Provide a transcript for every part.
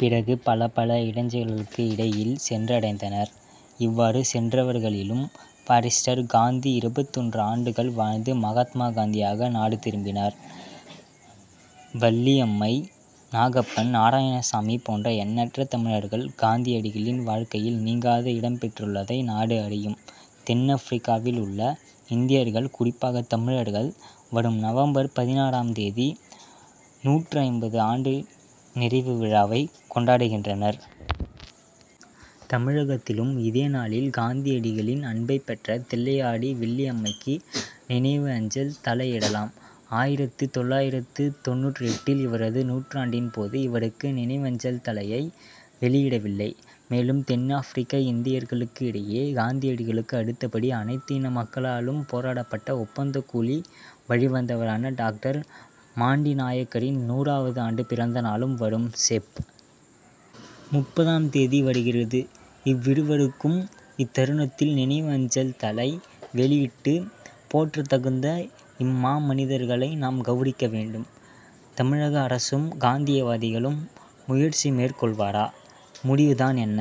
பிறகு, பலபல இடைஞ்சல்களுக்கு இடையில் சென்றடைந்தனர். இவ்வாறு சென்றவர்களிலும், பாரிஸ்டர் காந்தி இருபத்து ஒன்று ஆண்டுகள் வாழ்ந்து, மகாத்மா காந்தியாக நாடு திரும்பினர். வள்ளியம்மை, நாகப்பன், நாராயணசாமி போன்ற எண்ணற்ற தமிழர்கள், காந்தியடிகளின் வாழ்க்கையில் நீங்காத இடம் பெற்றுள்ளதை நாடு அறியும். தென்னாப்ரிக்காவில் உள்ள இந்தியர்கள், குறிப்பாக தமிழர்கள், வரும் நவம்பர் பதினாறாம் தேதி, நூற்று ஐம்பது ஆண்டுகள் நிறைவு விழாவை கொண்டாடுகின்றனர். தமிழகத்திலும் இதே நாளில், காந்தியடிகளின் அன்பைப் பெற்ற தில்லையாடி வள்ளியம்மைக்கு நினைவு அஞ்சல் தலை வெளியிடலாம். ஆயிரத்து தொள்ளாயிரத்து தொண்ணூற்று எட்டில் இவரது நூற்றாண்டின் போது, இவருக்கு நினைவு அஞ்சல் தலையை வெளியிடவில்லை. மேலும், தென்னாப்ரிக்க இந்தியர்களிடையே காந்தியடிகளுக்கு அடுத்தபடி, அனைத்து இன மக்களாலும் போற்றப்பட்ட, ஒப்பந்த கூலி' வழிவந்தவரான டாக்டர் மாண்டிநாய்க்கரின் நூறாவது ஆண்டு பிறந்த நாளும், வரும் செப்., முப்பது ம் தேதி வருகிறது. இவ்விருவருக்கும் இத்தருணத்தில் நினைவு அஞ்சல் தலை வெளியிட்டு, போற்றத் தகுந்த இம்மாமனிதர்களை, நாம் கவுரவிக்க வேண்டும். தமிழக அரசும், காந்தியவாதிகளும் முயற்சி மேற் கொள்வரா? முடிவு தான் என்ன?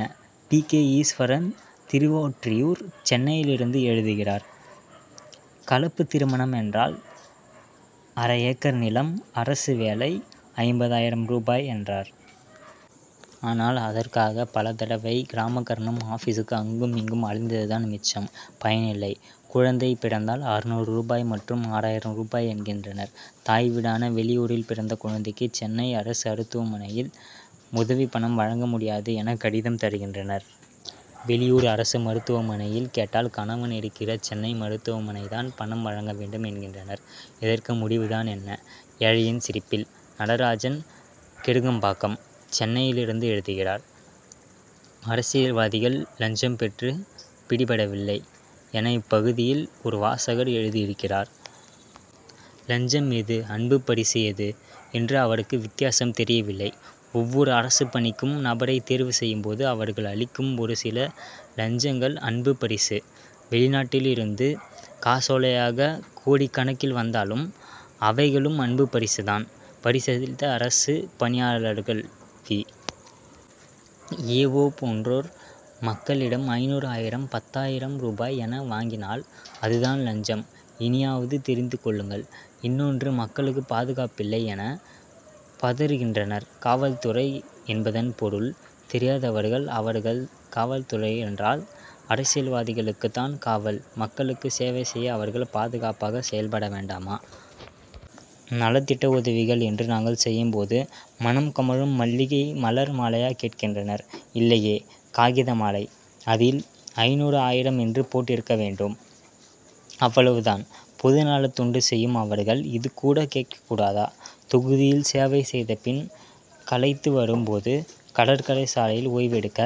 பி. கே. ஈஸ்வரன், திருவொற்றியூர், சென்னையிலிருந்து எழுதுகிறார்: கலப்பு திருமணம் என்றால், அரை ஏக்கர் நிலம், அரசு வேலை, ஐம்பது ஆயிரம் ரூபாய் என்றனர். ஆனால், அதற்காக பலதடவை கிராம கர்ணம் ஆபீசுக்கு, அங்கும் இங்கும் அலைந்தது தான் மிச்சம்; பயனில்லை. குழந்தை பிறந்தால், அறுநூறு ரூபாய் மற்றும் ஆறாயிரம் ரூபாய் என்கின்றனர். தாய் வீடான வெளியூரில் பிறந்த குழந் தைக்கு, சென்னையில் அரசு மருத்துவமனையில் உதவி பணம் வழங்க முடியாது' என, கடிதம் தருகின்றனர். வெளியூர் அரசு மருத்துவ மனையில் கேட் டால், கணவன் இருக்கிற சென்னை மருத்துவமனை தான் பணம் வழங்க வேண்டும்' என்கின்றனர். இதற்கு முடிவு தான் என்ன? ஏழையின் சிரிப்பில்: நடராஜன், கெருகம்பாக்கம், சென்னையிலிருந்து எழுதுகிறார்: அரசியல்வாதிகள் லஞ்சம் பெற்று பிடிபடவில்லை' என, இப்பகுதியில் ஒரு வாசகர் எழுதியிருந்தார். லஞ்சம் எது, அன்புப் பரிசு எது என்று அவருக்கு வித்தியாசம் தெரியவில்லை. ஒவ்வொரு அரசுப் பணிக்கும் நபரை தேர்வு செய்யும் போது, அவர்கள் அளிக்கும் ஒரு சில லட்சங்கள் அன்பு பரிசு. வெளிநாட்டிலிருந்து காசோலையாக கோடிக்கணக்கில் வந்தாலும், அவைகளும் அன்பு பரிசு தான். பரிசளித்த அரசு பணியாளர்கள், வி. ஏ. ஓ., போன்றோர் மக்களிடம் ஐநூறு, ஆயிரம் பத்து ஆயிரம் ரூபாய் என வாங்கினால், அது தான் லஞ்சம்; இனியாவது தெரிந்து கொள்ளுங்கள்இன்னொன்று, மக்களுக்கு பாதுகாப்பில்லை' என பிதற்றுகின்றனர். காவல்துறை என்பதன் பொருள் தெரியாதவர்கள் அவர்கள். காவல் என்றால், அரசியல்வாதிகளுக்குத் தான் காவல். மக்களுக்கு சேவை செய்ய அவர்கள் பாதுகாப்பாக செல்ல வேண்டாமா? நலத்திட்ட உதவிகள் என்று நாங்கள் செய்யும் போது, மணம் கமழும் மல்லிகை மலர் மாலையா கேட்கின்றனர்? இல்லையே! காகித மாலை. அதில், ஐநூறு, ஆயிரம் என்று போடப்பட்டிருக்க வேண்டும்; அவ்வளவு தான்! பொதுநலத் தொண்டு செய்யும் அவர்கள், இது கூட கேட்கக் கூடாதா? தொகுதியில் சேவை செய்த பின் களைத்து வரும் போது, கடற்கரை சாலையில் ஓய்வெடுக்க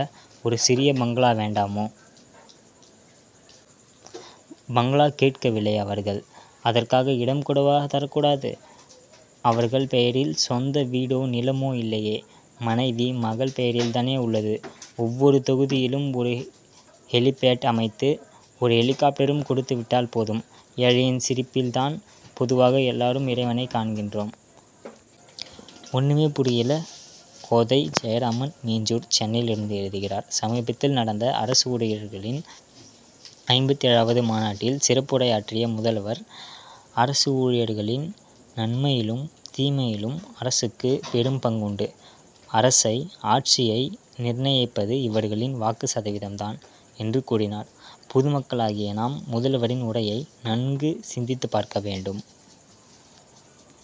ஒரு சிறிய பங்களா வேண்டாமோ? பங்களா கேட்கவில்லை அவர்கள், அதற்கான இடம் கூடவா தரக்கூடாது? அவர்கள் பெயரில் சொந்த வீடோ, நிலமோ இல்லையே! மனைவி, மக்கள் பெயரில் தானே உள்ளது. ஒவ்வொரு தொகுதியிலும், ஒரு ஹெலிபேட் அமைத்து, ஒரு ஹெலிகாப்டரும் கொடுத்து விட்டால் போதும். ஏழையின் சிரிப்பில் தான் பொதுவாக எல்லாரும் இறைவனைக் காண்கிறோம். ஒண்ணுமே புரியலே: கோதை ஜெயராமன், மீஞ்சூர், சென்னையிலிருந்து எழுதுகிறார்: சமீபத்தில் நடந்த அரசு ஊழியர்களின் ஐம்பத்து ஏழு வது மாநாட்டில் சிறப்புரையாற்றிய முதல்வர், அரசு ஊழியர்களின் நன்மையிலும், தீமையிலும் அரசுக்கு பெரும் பங்குண்டு; அரசை, ஆட்சியை நிர்ணயிப்பது இவர்களின் வாக்கு சதவீதம் தான்' என்று கூறினார். பொதுமக்களாகிய நாம், முதல்வரின் உரையை நன்கு சிந்தித்து பார்க்க வேண்டும்.